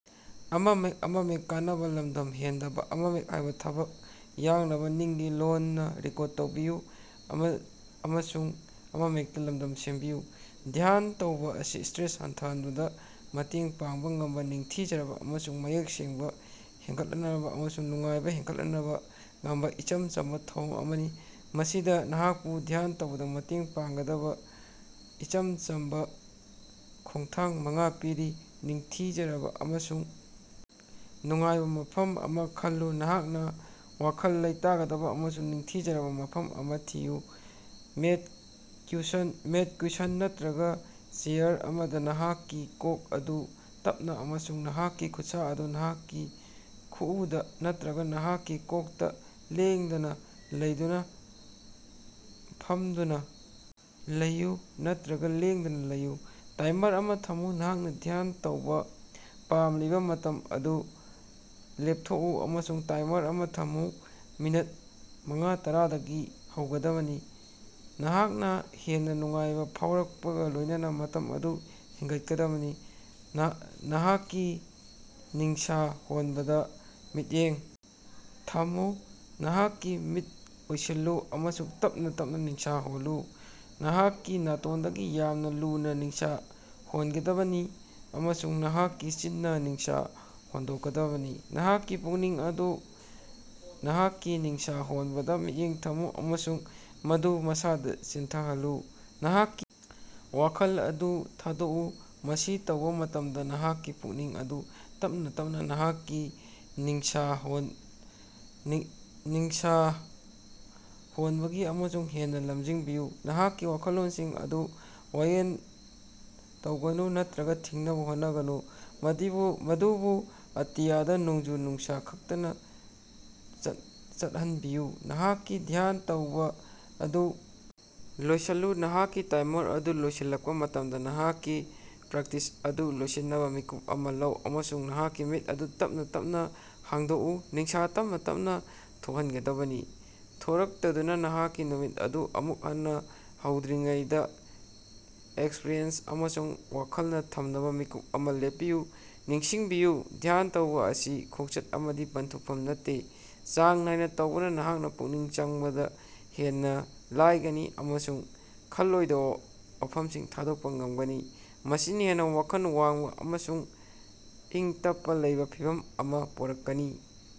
ꯙ꯭ꯌꯥꯟꯇꯧꯕ ꯑꯁꯤ ꯁꯇ꯭ꯔꯦꯁ ꯍꯟꯊꯍꯟꯕꯗꯥ ꯃꯇꯦꯡ ꯄꯥꯡꯕꯥ ꯉꯝꯕꯥ, ꯅꯤꯡꯊꯤꯖꯔꯕꯥ ꯑꯃꯁꯨꯡ ꯃꯌꯦꯛ ꯁꯦꯡꯕꯥ ꯍꯦꯟꯒꯠꯍꯅꯕꯥ ꯑꯃꯁꯨꯡ ꯅꯨꯡꯉꯥꯏꯕꯥ ꯍꯦꯅꯒꯠꯍꯟꯕꯥ ꯉꯝꯕꯥ ꯏꯆꯝ ꯆꯝꯕꯥ ꯊꯧꯑꯣꯡ ꯑꯃꯅꯤ꯫ ꯃꯈꯥꯗꯥ ꯅꯍꯥꯛꯄꯨ ꯙ꯭ꯌꯥꯟ ꯇꯧꯕꯗꯥ ꯃꯇꯦꯡ ꯄꯥꯡꯒꯗꯕꯥ ꯏꯆꯝ ꯆꯝꯕꯥ ꯈꯣꯡꯊꯥꯡ ꯃꯉꯥ ꯄꯤꯔꯤ: ꯅꯤꯡꯊꯤꯖꯔꯕꯥ ꯑꯃꯁꯨꯡ ꯅꯨꯡꯉꯥꯏꯕꯥ ꯃꯐꯝ ꯑꯃꯥ ꯈꯜꯂꯨ: ꯅꯍꯥꯛꯅꯥ ꯋꯥꯈꯜ ꯂꯩꯇꯒꯗꯕꯥ ꯑꯃꯁꯨꯡ ꯅꯤꯡꯊꯤꯖꯔꯕꯥ ꯃꯐꯝ ꯑꯃꯥ ꯊꯤꯌꯨ꯫ ꯃꯦꯠ, ꯀꯨꯁꯟ ꯅꯠꯇ꯭ꯔꯒꯥ ꯆꯦꯌꯥꯔ ꯑꯃꯗꯥ, ꯅꯍꯥꯛꯀꯤ ꯀꯣꯛ ꯑꯗꯨ ꯇꯞꯅꯥ ꯑꯃꯁꯨꯡ ꯅꯍꯥꯛꯀꯤ ꯈꯨꯠꯁꯥ ꯑꯗꯨ ꯅꯍꯥꯛꯀꯤ ꯈꯨꯑꯨꯗꯥ ꯅꯠꯇ꯭ꯔꯒꯥ ꯅꯍꯥꯛꯀꯤ ꯀꯣꯛꯇꯥ ꯂꯦꯡꯗꯅꯥ ꯂꯩꯗꯨꯅꯥ ꯐꯝꯗꯨꯅꯥ ꯂꯩꯌꯨ ꯅꯠꯇ꯭ꯔꯒꯥ ꯂꯦꯡꯗꯅꯥ ꯂꯩꯌꯨ꯫ ꯇꯥꯏꯃꯔ ꯑꯃꯥ ꯊꯝꯃꯨ: ꯅꯍꯥꯛꯅꯥ ꯙ꯭ꯌꯥꯟ ꯇꯧꯕꯥ ꯄꯥꯝꯂꯤꯕꯥ ꯃꯇꯝ ꯑꯗꯨ ꯂꯦꯄꯊꯣꯀꯑꯨ ꯑꯃꯁꯨꯡ ꯇꯥꯏꯃꯔ ꯑꯃꯥ ꯊꯝꯃꯨ꯫ ꯃꯤꯅꯠ ꯃꯉꯥ-ꯇꯔꯗꯒꯤ ꯍꯧꯒꯗꯕꯅꯤ, ꯅꯍꯥꯛꯅꯥ ꯍꯦꯟꯅꯥ ꯅꯨꯡꯉꯥꯏꯕꯥ ꯐꯥꯎꯔꯛꯄꯒꯥ ꯂꯣꯏꯅꯅꯥ ꯃꯇꯝ ꯑꯗꯨ ꯍꯦꯟꯒꯠꯍꯟꯒꯗꯕꯅꯤ꯫ ꯅꯍꯥꯛꯀꯤ ꯅꯤꯡꯁ ꯍꯣꯟꯕꯗꯥ ꯃꯤꯠꯌꯦꯡ ꯊꯝꯃꯨ: ꯅꯍꯥꯛꯀꯤ ꯃꯤꯠ ꯑꯨꯢꯁꯤꯜꯂꯨ ꯑꯃꯁꯨꯡ ꯇꯞꯅꯥ ꯇꯞꯅꯥ ꯅꯤꯡꯁ ꯍꯣꯜꯂꯨ꯫ ꯅꯍꯥꯛꯀꯤ ꯅꯥꯇꯣꯟꯗꯒꯤ ꯌꯥꯝꯅꯥ ꯂꯨꯅꯥ ꯅꯤꯡꯁ ꯍꯣꯟꯒꯗꯕꯅꯤ ꯑꯃꯁꯨꯡ ꯅꯍꯥꯛꯀꯤ ꯆꯤꯟꯅ ꯅꯤꯡꯁ ꯍꯣꯟꯗꯣꯛꯀꯅꯤ꯫ ꯅꯍꯥꯛꯀꯤ ꯄꯨꯛꯅꯤꯡ ꯑꯗꯨ ꯅꯍꯥꯛꯀꯤ ꯅꯤꯡꯁ ꯍꯣꯟꯕꯗꯥ ꯃꯤꯠꯌꯦꯡ ꯊꯝꯃꯨ, ꯑꯃꯁꯨꯡ ꯃꯗꯨ ꯃꯁꯥꯅꯥ ꯆꯦꯟꯊꯍꯜꯂꯨ꯫ ꯅꯍꯥꯛꯀꯤ ꯋꯥꯈꯜ ꯑꯗꯨ ꯊꯥꯗꯣꯛꯑꯨ꯫ ꯃꯁꯤ ꯇꯧꯕ ꯃꯇꯃꯗꯥ, ꯅꯍꯥꯛꯀꯤ ꯄꯨꯛꯅꯤꯡ ꯑꯗꯨ ꯇꯞꯅꯥ ꯇꯞꯅꯥ ꯅꯍꯥꯛꯀꯤ ꯅꯤꯡꯁ ꯍꯣꯟꯕꯗꯥ ꯑꯃꯨꯛ ꯍꯟꯅꯥ ꯂꯝꯖꯤꯡꯕꯤꯌꯨ꯫ ꯅꯍꯥꯛꯀꯤ ꯋꯥꯈꯜꯂꯣꯟꯁꯤꯡ ꯑꯗꯨ ꯋꯥꯌꯦꯜ ꯇꯧꯒꯅꯨ ꯅꯠꯇ꯭ꯔꯒꯥ ꯊꯤꯡꯅꯕꯥ ꯍꯣꯠꯅꯒꯅꯨ, ꯃꯗꯨꯕꯨ ꯑꯇꯤꯌꯥꯗꯥ ꯅꯣꯡꯖꯨ-ꯅꯨꯡꯁꯥ ꯈꯥꯛꯇꯅꯥ ꯆꯠꯍꯅꯕꯤꯌꯨ꯫ ꯅꯍꯥꯛꯀꯤ ꯙ꯭ꯌꯥꯟꯇꯧꯕ ꯑꯗꯨ ꯂꯣꯌꯁꯤꯜꯂꯨ: ꯅꯍꯥꯛꯀꯤ ꯇꯥꯏꯃꯔ ꯑꯗꯨ ꯂꯣꯏꯁꯤꯜꯂꯛꯄꯥ ꯃꯇꯝꯗꯥ, ꯅꯍꯥꯛꯀꯤ ꯄ꯭ꯔꯦꯛꯇꯤꯁ ꯑꯗꯨ ꯂꯣꯏꯁꯤꯟꯅꯕꯥ ꯃꯤꯀꯨꯞ ꯑꯃꯥ ꯂꯧ ꯑꯃꯁꯨꯡ ꯅꯍꯥꯛꯀꯤ ꯃꯤꯠ ꯑꯗꯨ ꯇꯞꯅꯥ ꯇꯞꯅꯥ ꯍꯥꯡꯗꯣꯀꯎ꯫ ꯅꯤꯡꯁ ꯇꯞꯅꯥ ꯇꯞꯅꯥ ꯊꯣꯀꯍꯅꯒꯗꯕꯅꯤ꯫ ꯊꯣꯔꯛꯇꯨꯅꯥ ꯅꯍꯥꯛꯀꯤ ꯅꯨꯃꯤꯠ ꯑꯗꯨ ꯑꯃꯨꯛ ꯍꯟꯅꯥ ꯍꯧꯗ꯭ꯔꯤꯉꯩꯗꯥ ꯑꯦꯛꯁꯄ꯭ꯔꯤꯌꯦꯟꯁ ꯑꯗꯨ ꯋꯥꯈꯂꯗꯥ ꯊꯝꯅꯕꯥ ꯃꯤꯀꯨꯞ ꯑꯃꯥ ꯂꯦꯞꯄꯤꯌꯨ꯫ ꯅꯤꯡꯁꯤꯡꯕꯤꯌꯨ, ꯙ꯭ꯌꯥꯟꯇꯧꯕ ꯑꯁꯤ ꯈꯣꯉꯆꯠ ꯑꯃꯅꯤ, ꯄꯟꯊꯨꯡꯐꯝ ꯅꯠꯇꯦ꯫ ꯆꯥꯡ ꯅꯥꯏꯅꯥ ꯇꯧꯕꯅꯥ, ꯅꯍꯥꯛꯅꯥ ꯄꯨꯛꯅꯤꯡ ꯆꯪꯕꯗꯥ ꯍꯦꯟꯅꯥ ꯂꯥꯌꯒꯅꯤ ꯑꯃꯁꯨꯡ ꯈꯜꯂꯣꯏꯗꯕ ꯋꯥꯐꯝꯁꯤꯡ ꯊꯥꯗꯣꯛꯄꯥ ꯉꯝꯒꯅꯤ, ꯃꯁꯤꯅꯥ ꯍꯦꯟꯅꯥ ꯋꯥꯈꯜ ꯋꯥꯡꯕꯥ ꯑꯃꯁꯨꯡ ꯏꯤꯡꯇꯞꯄꯅ ꯂꯩꯕ ꯐꯤꯚꯝ ꯑꯃꯥ ꯄꯨꯔꯛꯀꯅꯤ꯫।